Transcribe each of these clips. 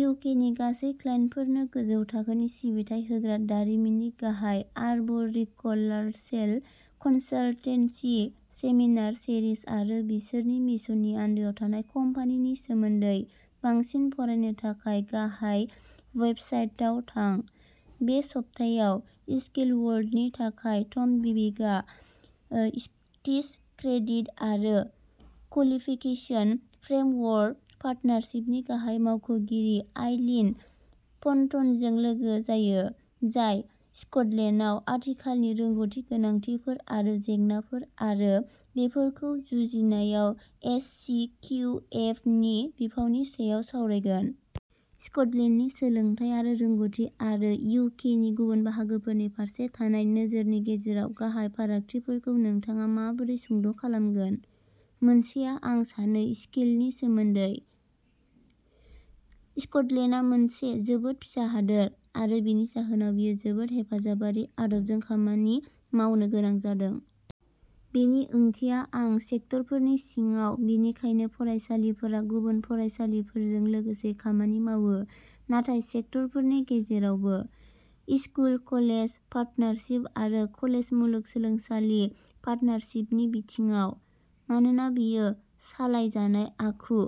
इउकेनि गासै क्लाइन्टफोरनो गोजौ थाखोनि सिबिथाइ होग्रा दारिमिननि गाहाय आर्ब'रिक'लार्चेल कनसाल्टेन्सि। सेमिनार सिरिज आरो बिसोरनि मिशननि आन्दोआव थानाय कम्पानिनि सोमोन्दै बांसिन फरायनो थाखाय गाहाय वेबसाइटाव थां। बे सप्तायाव स्किल्स वर्ल्डनि थाखाय, टम बिविकआ स्कटिस क्रेडिट आरो क्वालिफिकेशन फ्रेमवर्क पार्टनारशिप नि गाहाय मावख'गिरि आइलीन पन्टनजों लोगो जायो, जाय स्कटलेन्डआव आथिखालनि रोंग'थि गोनांथिफोर आरो जेंनाफोर आरो बेफोरखौ जुजिनायाव एस सि किउ एफ नि बिफावनि सायाव सावरायगोन। स्क'टलेन्डनि सोलोंथाय आरो रोंग'थि आरो इउ के नि गुबुन बाहागोफोरनि फारसे थानाय नोजोरनि गेजेराव गाहाय फारागथिफोरखौ नोंथाङा माबोरै सुंद' खालामगोन? मोनसेआ आं सानो स्केलनि सोमोन्दै? स्कटलेन्डआ मोनसे जोबोद फिसा हादोर, आरो बेनि जाहोनाव बेयो जोबोद हेफाजाबारि आदबजों खामानि मावनो गोनां जादों। बेनि ओंथिया आं सेक्टरफोरनि सिङाव, बेनिखायनो फरायसालिफोरा गुबुन फरायसालिफोरजों लोगोसे खामानि मावो नाथाय सेक्टरफोरनि गेजेरावबो, स्कुल-कलेज पार्टनारशिप आरो कलेज-मुलुगसोलोंसालि पार्टनारशिपनि बिथिङाव। मानोना बेयो सालायजानाय आखु,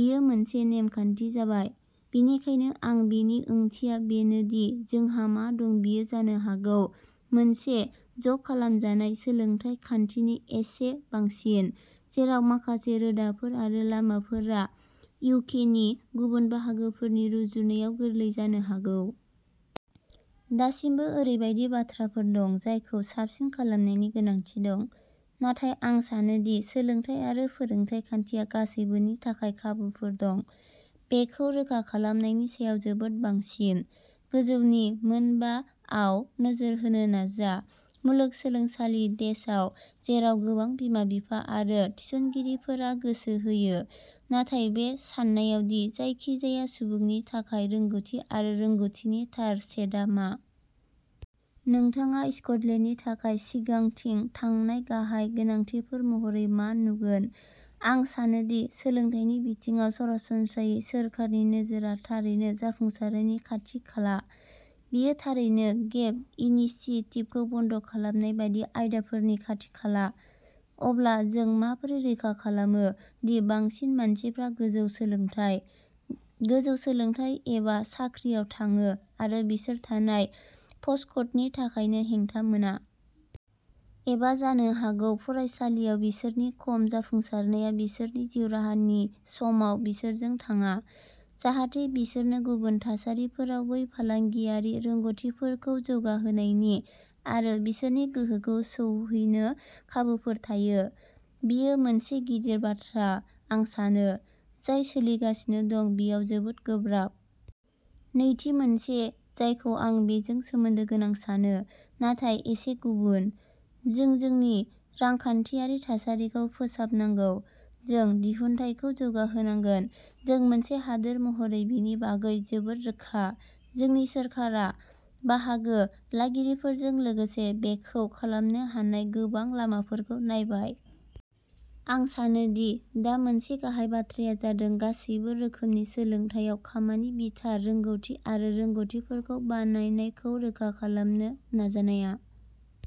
बेयो मोनसे नेमखान्थि जाबाय, बेनिखायनो आं बेनि ओंथिया बेनो दि जोंहा मा दं बेयो जानो हागौ मोनसे ज'खालामजानाय सोलोंथाय खान्थिनि एसे बांसिन, जेराव माखासे रोदाफोर आरो लामाफोरा इउकेनि गुबुन बाहागोफोरनि रुजुनायाव गोरलै जानो हागौ। दासिमबो ओरैबायदि बाथ्राफोर दं जायखौ साबसिन खालामनायनि गोनांथि दं, नाथाय आं सानो दि सोलोंथाय आरो फोरोंथाय खान्थिया गासैबोनि थाखाय खाबुफोर दं बेखौ रोखा खालामनायनि सायाव जोबोद बांसिन। गोजौनि मोन बा आव नोजोर होनो नाजा, मुलुगसोलोंसालि डेशआव, जेराव गोबां बिमा-बिफा आरो थिसनगिरिफोरा गोसो होयो, नाथाय बे साननायाव दि जायखिजाया सुबुंनि थाखाय रोंग'थि आरो रोंग'थिनि थार सेटआ मा। नोंथाङा स्कटलेन्डनि थाखाय सिगांथिं थांनाय गाहाय गोनांथिफोर महरै मा नुगोन? आं सानोदि सोलोंथाइनि बिथिङाव सरासनस्रायै सोरखारनि नोजोरआ थारैनो जाफुंसारनायनि खाथि-खाला। बेयो थारैनो गेप इनिसिएटिभखौ बन्द खालामनाय बायदि आयदाफोरनि खाथि-खाला। अब्ला, जों माबोरै रोखा खालामो दि बांसिन मानसिफ्रा गोजौ सोलोंथाइ, गोजौ सोलोंथाइ एबा साख्रिआव थाङो आरो बिसोर थानाय प'स्टक'डनि थाखायनो हेंथा मोना। एबा जानो हागौ फरायसालियाव बिसोरनि खम जाफुंसारनाया बिसोरनि जिउ राहानि समाव बिसोरजों थाङा, जाहाथे बिसोरनो गुबुन थासारिफोराव बै फालांगियारि रोंग'थिफोरखौ जौगाहोनायनि आरो बिसोरनि गोहोखौ सौहैनो खाबुफोर थायो। बेयो मोनसे गिदिर बाथ्रा, आं सानो, जाय सोलिगासिनो दं बेयाव जोबोद गोब्राब। नैथि मोनसे जायखौ आं बेजों सोमोन्दो गोनां सानो, नाथाय एसे गुबुन। जों जोंनि रांखान्थियारि थासारिखौ फोसाबनांगौ, जों दिहुनथाइखौ जौगाहोनांगोन, जों मोनसे हादोर महरै बेनि बागै जोबोद रोखा। जोंनि सोरखारा, बाहागो लागिरिफोरजों लोगोसे बेखौ खालामनो हानाय गोबां लामाफोरखौ नायबाय। आं सानो दि दा मोनसे गाहाय बाथ्राया जादों गासैबो रोखोमनि सोलोंथायआव खामानि बिथा रोंग'थि आरो रोंग'थिफोरखौ बानायनायखौ रोखा खालामनो नाजानाया।